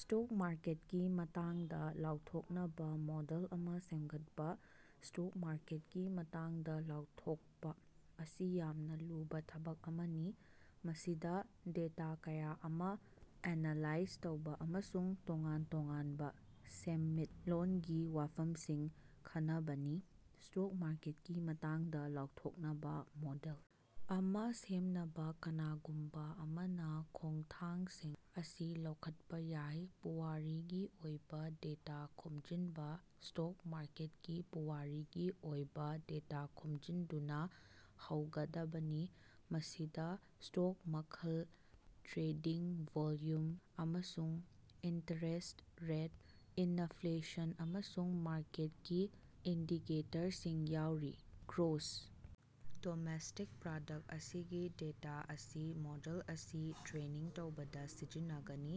Stock ꯃꯥꯔꯀꯦꯠꯀꯤ ꯃꯇꯥꯡꯗꯥ ꯂꯥꯎꯊꯣꯛꯅꯕꯥ model ꯑꯃꯥ ꯁꯦꯝꯒꯠꯄꯥ꯫ ꯁ꯭ꯇꯣꯛ ꯃꯥꯔꯀꯦꯠꯀꯤ ꯃꯇꯥꯡꯗꯥ ꯂꯥꯎꯊꯣꯛꯄꯥ ꯑꯁꯤ ꯌꯥꯝꯅ ꯂꯨꯕꯥ ꯊꯕꯛ ꯑꯃꯅꯤ ꯃꯁꯤꯗꯥ ꯗꯦꯇꯥ ꯀꯌꯥ ꯑꯃꯥ ꯑꯦꯅꯥꯂꯥꯏꯖ ꯇꯧꯕ ꯑꯃꯁꯨꯡ ꯇꯣꯉꯥꯟ ꯇꯣꯉꯥꯟꯕꯥ ꯁꯦꯟꯃꯤꯠꯂꯣꯟꯒꯤ ꯋꯥꯐꯝꯁꯤꯡ ꯈꯟꯅꯕꯅꯤ꯫ ꯁ꯭ꯇꯣꯛ ꯃꯥꯔꯀꯦꯠꯀꯤ ꯃꯇꯥꯡꯗꯥ ꯂꯥꯎꯊꯣꯛꯅꯕꯥ ꯃꯣꯗꯦꯜ ꯑꯃꯥ ꯁꯦꯝꯅꯕꯥ, ꯀꯅꯥꯒꯨꯝꯕꯥ ꯑꯃꯅꯥ ꯈꯣꯡꯊꯥꯡꯁꯤꯡ ꯑꯁꯤ ꯂꯧꯈꯠꯄꯥ ꯌꯥꯏ ꯄꯨꯋꯥꯔꯤꯒꯤ ꯑꯣꯏꯕ ꯗꯦꯇꯥ ꯈꯣꯝꯖꯤꯟꯕ ꯁ꯭ꯇꯣꯛ ꯃꯥꯔꯀꯦꯠꯀꯤ ꯄꯨꯋꯥꯔꯤꯒꯤ ꯑꯣꯏꯕꯥ ꯗꯦꯇꯥ ꯈꯣꯝꯖꯤꯟꯗꯨꯅꯥ ꯍꯧꯒꯗꯕꯅꯤ, ꯃꯁꯤꯗꯥ ꯁ꯭ꯇꯣꯛ ꯃꯈꯜ, ꯇ꯭ꯔꯦꯗꯤꯡ ꯚꯣꯜꯌꯨꯝ, ꯑꯃꯁꯨꯡ ꯏꯟꯇꯔꯦꯁ꯭ꯠ ꯔꯦꯠ, ꯏꯅꯐ꯭ꯂꯦꯁꯟ, ꯑꯃꯁꯨꯡ ꯃꯥꯔꯀꯦꯠꯀꯤ ꯏꯟꯗꯤꯀꯦꯇꯔꯁꯤꯡ ꯌꯥꯎꯔꯤ꯫ ꯒ꯭ꯔꯣꯁ ꯗꯣꯃꯦꯁꯇꯤꯛ ꯄ꯭ꯔꯗꯛꯇ ꯃꯁꯤꯒꯤ ꯗꯦꯇꯥ ꯑꯁꯤ ꯃꯣꯗꯦꯜ ꯑꯁꯤ ꯇ꯭ꯔꯦꯅꯤꯡ ꯇꯧꯕꯗꯥ ꯁꯤꯖꯤꯟꯅꯒꯅꯤ꯫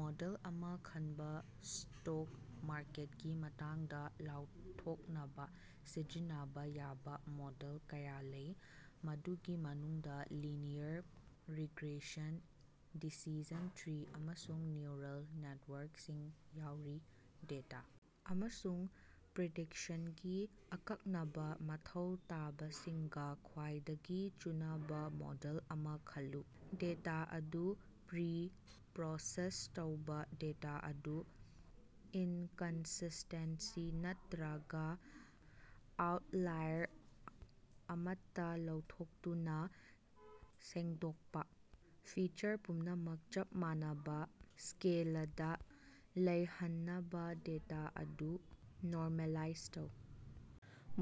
ꯃꯣꯗꯦꯜ ꯑꯃꯥ ꯈꯟꯕ ꯁ꯭ꯇꯣꯛ ꯃꯥꯔꯀꯦꯠꯀꯤ ꯃꯇꯥꯡꯗꯥ ꯂꯥꯎꯊꯣꯛꯅꯕꯥ ꯁꯤꯖꯤꯟꯅꯕꯥ ꯌꯥꯕ ꯃꯣꯗꯦꯜ ꯀꯌꯥ ꯂꯩ, ꯃꯗꯨꯒꯤ ꯃꯅꯨꯡꯗꯥ ꯂꯤꯅꯤꯌꯔ ꯔꯤꯒ꯭ꯔꯦꯁꯟ, ꯗꯤꯁꯤꯖꯟ ꯇ꯭ꯔꯤ, ꯑꯃꯁꯨꯡ ꯅ꯭ꯌꯨꯔꯜ ꯅꯦꯠꯋꯥꯔꯛꯁꯤꯡ ꯌꯥꯎꯔꯤ꯫ ꯗꯦꯇꯥ ꯑꯃꯁꯨꯡ ꯄ꯭ꯔꯤꯗꯤꯛꯁꯟꯒꯤ ꯑꯀꯛꯅꯕꯥ ꯃꯊꯧ ꯇꯥꯕꯁꯤꯡꯒꯥ ꯈ꯭ꯋꯥꯏꯗꯒꯤ ꯆꯨꯅꯕꯥ ꯃꯣꯗꯦꯜ ꯑꯃꯥ ꯈꯜꯂꯨ꯫ ꯗꯦꯇꯥ ꯑꯗꯨ ꯄ꯭ꯔꯤ ꯄ꯭ꯔꯣꯁꯦꯁ ꯇꯧꯕ ꯗꯦꯇꯥ ꯑꯗꯨ ꯏꯟꯀꯟꯁꯤꯁ꯭ꯇꯦꯟꯁꯤ ꯅꯠꯇ꯭ꯔꯒꯥ ꯑꯥꯎꯠꯂꯥꯏꯔ ꯑꯃꯠꯇꯥ ꯂꯧꯊꯣꯛꯇꯨꯅꯥ ꯁꯦꯡꯗꯣꯛꯄꯥ꯫ ꯐꯤꯆꯔ ꯄꯨꯝꯅꯃꯛ ꯆꯞ ꯃꯥꯟꯅꯕꯥ ꯁ꯭ꯀꯦꯜꯗꯥ ꯂꯩꯍꯟꯅꯕꯥ ꯗꯦꯇꯥ ꯑꯗꯨ ꯅꯣꯔꯃꯦꯂꯥꯏꯖ ꯇꯧ꯫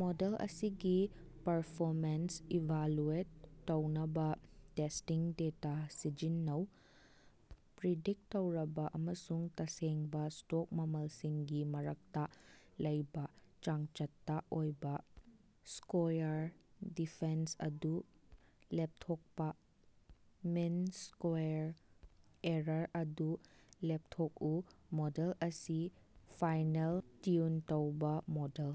ꯃꯣꯗꯦꯜ ꯑꯁꯤꯒꯤ ꯄꯔꯐꯣꯃꯦꯟꯁ ꯏꯚꯥꯂꯨꯑꯦꯠ ꯇꯧꯅꯕꯥ ꯇꯦꯁ꯭ꯇꯤꯡ ꯗꯦꯇꯥ ꯁꯤꯖꯤꯟꯅꯧ꯫ ꯄ꯭ꯔꯤꯗꯤꯛꯇ ꯇꯧꯔꯕꯥ ꯑꯃꯁꯨꯡ ꯇꯁꯦꯡꯕꯥ ꯁ꯭ꯇꯣꯛ ꯃꯃꯜꯁꯤꯡꯒꯤ ꯃꯔꯛꯇꯥ ꯂꯩꯕ ꯆꯥꯡꯆꯠꯇꯥ ꯑꯣꯏꯕ ꯁ꯭ꯀꯣꯌꯥꯔ ꯗꯤꯐꯦꯟꯁ ꯑꯗꯨ ꯂꯦꯞꯊꯣꯛꯄꯥ ꯃꯤꯟ ꯁ꯭ꯀꯣꯌꯥꯔ ꯑꯦꯔꯥꯔ ꯑꯗꯨ ꯂꯦꯞꯊꯣꯛꯎ꯫ ꯃꯣꯗꯦꯜ ꯑꯁꯤ ꯐꯥꯏꯅꯦꯜ ꯇ꯭ꯌꯨꯟ ꯇꯧꯕ ꯃꯣꯗꯦꯜ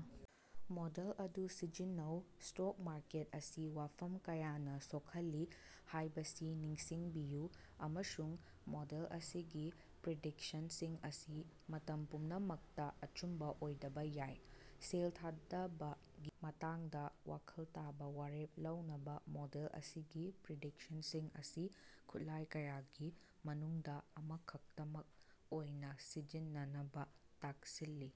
ꯃꯣꯗꯦꯜ ꯑꯗꯨ ꯁꯤꯖꯤꯟꯅꯧ꯫ ꯁ꯭ꯇꯣꯛ ꯃꯥꯔꯀꯦꯠ ꯑꯁꯤ ꯋꯥꯐꯝ ꯀꯌꯥꯅꯥ ꯁꯣꯛꯍꯜꯂꯤ ꯍꯥꯏꯕꯁꯤ ꯅꯤꯡꯁꯤꯡꯕꯤꯌꯨ, ꯑꯃꯁꯨꯡ ꯃꯣꯗꯦꯜ ꯑꯁꯤꯒꯤ ꯄ꯭ꯔꯤꯗꯤꯛꯁꯟꯁꯤꯡ ꯑꯁꯤ ꯃꯇꯝ ꯄꯨꯝꯅꯃꯛꯇꯥ ꯑꯆꯨꯝꯕꯥ ꯑꯣꯏꯗꯕꯥ ꯌꯥꯏ꯫ ꯁꯦꯜ ꯊꯥꯗꯕꯒꯤ ꯃꯇꯥꯡꯗꯥ ꯋꯥꯈꯜ ꯇꯥꯕ ꯋꯥꯔꯦꯞ ꯂꯧꯅꯕꯥ ꯃꯣꯗꯦꯜ ꯑꯁꯤꯒꯤ ꯄ꯭ꯔꯤꯗꯤꯛꯁꯟꯁꯤꯡ ꯑꯁꯤ ꯈꯨꯠꯂꯥꯏ ꯀꯌꯥꯒꯤ ꯃꯅꯨꯡꯗꯥ ꯑꯃꯈꯛꯇꯃꯛ ꯑꯣꯏꯅꯥ ꯁꯤꯖꯤꯟꯅꯅꯕꯥ ꯇꯛꯁꯤꯜꯂꯤ꯫